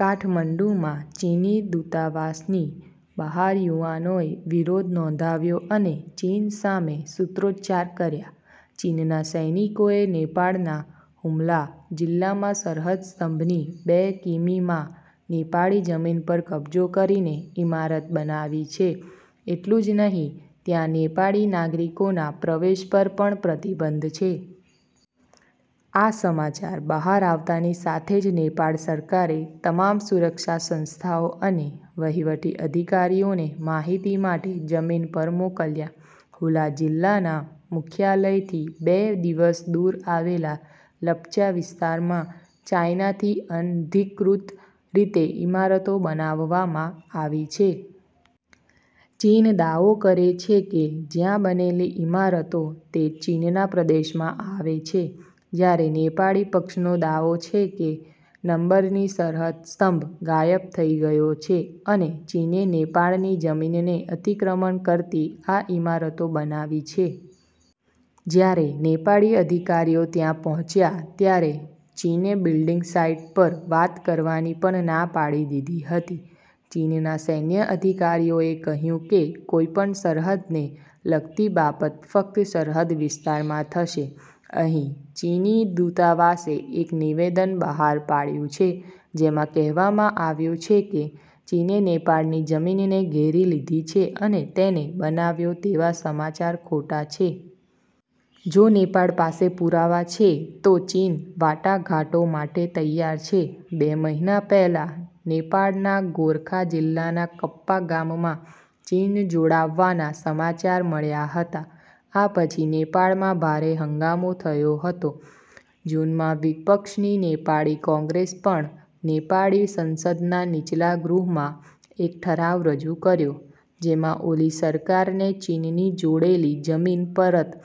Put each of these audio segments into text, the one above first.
કાઠમંડુમાં ચીની દૂતાવાસની બહાર યુવાનોએ વિરોધ નોંધાવ્યો અને ચીન સામે સૂત્રોચ્ચાર કર્યા. ચીનના સૈનિકોએ નેપાળના હુમલા જિલ્લામાં સરહદ સ્તંભની બે કિ. મી. માં નેપાળી જમીન પર કબજો કરીને ઇમારત બનાવી છે. એટલું જ નહીં, ત્યાં નેપાળી નાગરિકોના પ્રવેશ પર પણ પ્રતિબંધ છે. આ સમાચાર બહાર આવતાની સાથે જ નેપાળ સરકારે તમામ સુરક્ષા સંસ્થાઓ અને વહીવટી અધિકારીઓને માહિતી માટે જમીન પર મોકલ્યા. હુલા જિલ્લાના મુખ્યાલયથી બે દિવસ દૂર આવેલા લપ્ચા વિસ્તારમાં, ચાઇનાથી અનધિકૃત રીતે ઇમારતો બનાવવામાં આવી છે. ચીન દાવો કરે છે કે, જ્યાં બનેલી ઇમારતો તે ચીનના પ્રદેશમાં આવે છે, જ્યારે નેપાળી પક્ષનો દાવો છે કે, નંબરની સરહદ સ્તંભ ગાયબ થઈ ગયો છે અને ચીને નેપાળની જમીનને અતિક્રમણ કરતી આ ઇમારતો બનાવી છે. જ્યારે નેપાળી અધિકારીઓ ત્યાં પહોંચ્યા ત્યારે ચીને બિલ્ડિંગ સાઇટ પર વાત કરવાની પણ ના પાડી દીધી હતી. ચીનના સૈન્ય અધિકારીઓએ કહ્યું કે, કોઈપણ સરહદને લગતી બાબત ફક્ત સરહદ વિસ્તારમાં થશે. અહીં, ચીની દૂતાવાસે એક નિવેદન બહાર પાડ્યું છે જેમાં કહેવામાં આવ્યું છે કે, ચીને નેપાળની જમીનને ઘેરી લીધી છે અને તેને બનાવ્યો તેવા સમાચાર ખોટા છે. જો નેપાળ પાસે પુરાવા છે, તો ચીન વાટાઘાટો માટે તૈયાર છે. બે મહિના પહેલા, નેપાળના ગોરખા જિલ્લાના કપ્પા ગામમાં ચીન જોડાવાના સમાચાર મળ્યા હતા. આ પછી નેપાળમાં ભારે હંગામો થયો હતો. જૂનમાં, વિપક્ષની નેપાળી કોંગ્રેસે પણ નેપાળી સંસદના નીચલા ગૃહમાં એક ઠરાવ રજૂ કર્યો, જેમાં ઓલી સરકારને ચીનની જોડેલી જમીન પરત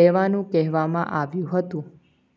લેવાનું કહેવામાં આવ્યું હતું.